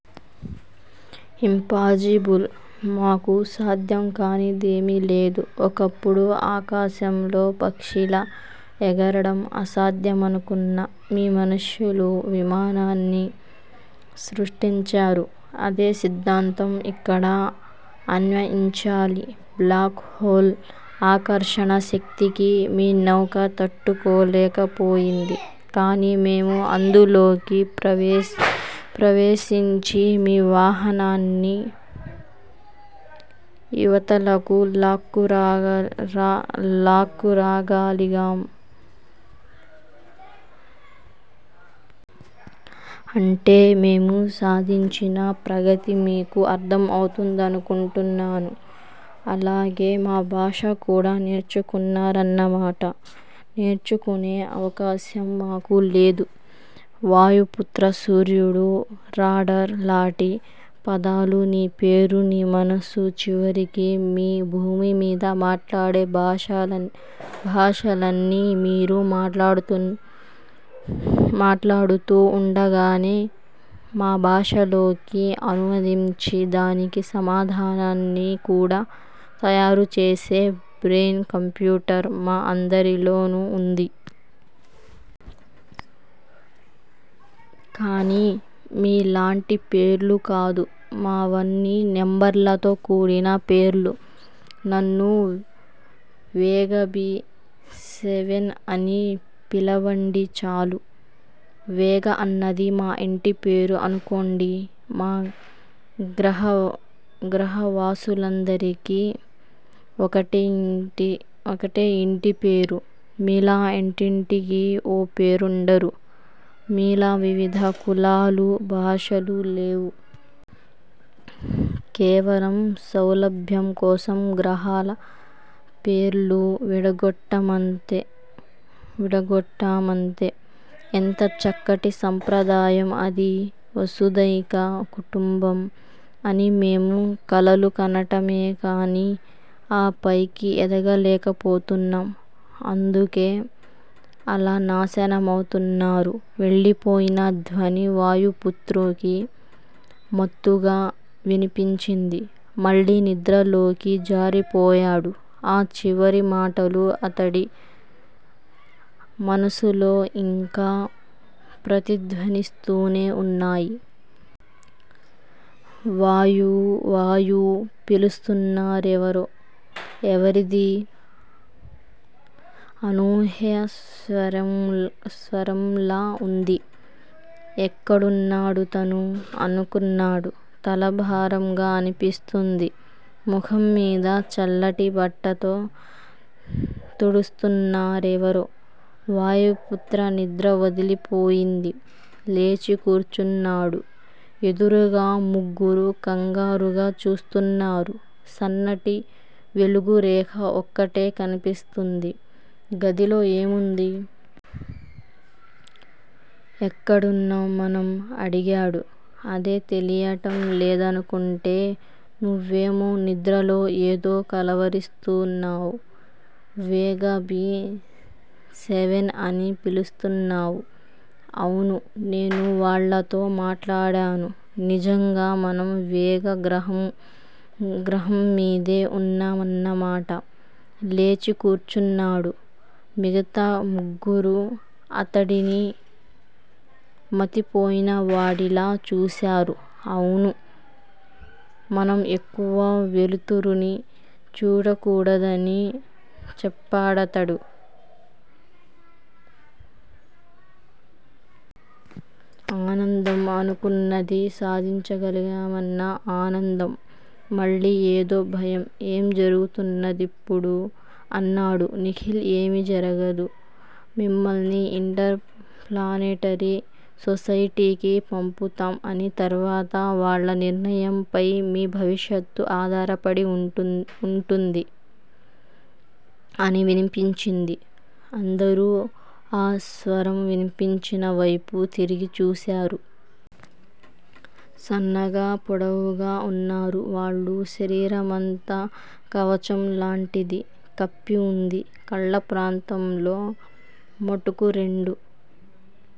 Impossible. మాకు సాధ్యం కానిదేమీ లేదు. ఒకప్పుడు ఆకాశంలో పక్షిలా ఎగరడం అసాధ్యమనుకున్న మీ మనుష్యులు విమానాన్ని సృష్టించారు. అదే సిద్దాంతం ఇక్కడ అన్వయించాలి. బ్లాక్ హోల్ ఆకర్షణ శక్తికి మీ నౌక తట్టుకోలేకపోయింది. కాని మేము అందులోకి ప్రవేశించి మీ వాహనాన్ని యివతలకు లాక్కురాగాలిగాం. అంటే మేము సాధించిన ప్రగతి మీకు అర్థం అవుతుందనుకుంటుంన్నాను. అలాగే మా భాష కూడా నేర్చుకున్నారన్నమాట. నేర్చుకునే అవసరం మాకు లేదు వాయుపుత్రా. సూర్యుడు, రాడార్ లాటి పదాలు, నీ పేరు, నీ మనసు చివరికి మీ భూమి మీద మాట్లాడే భాషలన్నీ మీరు మాట్లాడుతూవుండగానే మా భాషలోకి అనువదించి దానికి సమాధానాన్ని కూడా తయారుచేసే బ్రెయిన్ కంప్యూటర్ మా అందరిలోనూ వుంది. కాని మీలాంటి పేర్లు కాదు. మావన్నీ నెంబర్లతో కూడిన పేర్లు. నన్ను వేగా బి సెవెన్ అని పిలవండి చాలు. వేగా అన్నది మా ఇంటిపేరు అనుకోండి. మా గ్రహవాసులందరికీ ఒకటే యింటి పేరు. మీలా ఇంటింటికీ ఓ పేరుండరు. మీలా వివిధ కులాకు, భాషలు లేవు. కేవలం సౌలభ్యం కోసం గ్రహాల పేర్లు విడగొట్టామంతే. ఎంత చక్కటి సాంప్రదాయం అది. వసుదైక కుటుంబం అని మేము కలలు కనటమేకాని ఆ పైకి ఎదగలేకపోతున్నాం. అందుకే అలా నాశనమవుతున్నారు వెళ్ళిపోయిన ధ్వని వాయుపుత్రకి మత్తుగా వినిపించింది. మళ్లీ నిద్రలోకి జారిపోయాడు. ఆ చివరి మాటలు అతడి మనసులో యింకా ప్రతిధ్వనిస్తూనే వున్నాయి. వాయూ, వాయూ పిలుస్తున్నారెవరో. ఎవరది? అనూహ్య స్వరంలా వుంది ఎక్కడున్నాడు తను? ' అనుకున్నాడు తల భారంగా అనిపిస్తుంది. ముఖంమీద చల్లటి బట్టతో తుడుస్తున్నారెవరో. వాయుపుత్ర నిద్ర వదిలిపోయింది. లేచి కూర్చున్నాడు. ఎదురుగా ముగ్గురూ కంగారుగా చూస్తున్నారు. సన్నటి వెలుగురేఖ ఒక్కటే కనిపిస్తుంది గదిలో, ఏముంది. ఎక్కడున్నాం మనం? అడిగాడు. అదే తెలియడం లేదనుకుంటే, నువ్వేమో నిద్రలో ఏదో కలవరిస్తూన్నావు. వేగా బి సెవెన్ అని పిలుస్తున్నావు. అవును నేను వాళ్ళతో మాట్లాడాను. నిజంగా మనం వేగా గ్రహంమీదే వున్నామన్నమాట లేచి కూర్చున్నాడు. మిగతా ముగ్గురూ అతడిని మతిపోయినవాడిలా చూశారు. అవును మనం ఎక్కువ వెలుతురుని చూడకూడదని చెప్పాడతడు. ఆనందం! అనుకున్నది సాధించగలిగామన్న ఆనందం. మళ్ళీ ఏదో భయం. ఏం జరుగుతున్నదిప్పుడు? అన్నాడు నిఖిల్. ఏమి జరగదు. మిమ్మల్ని ఇంటర్ ప్లానెటరీ సొసైటీకీ పంపుతాం. అని తర్వాత వాళ్ళ నిర్ణయంపై మీ భవిష్యత్తు ఆధారపడి వుంటుంది అని వినిపించింది. అందరూ ఆ స్వరం వినిపించినవైపు తిరిగి చూశారు. సన్నగా పొడవుగా వున్నారు వాళ్ళు. శరీరమంతా కవచం లాంటిది కప్పి వుంది. కళ్ళ ప్రాంతంలో మటుకు రెండు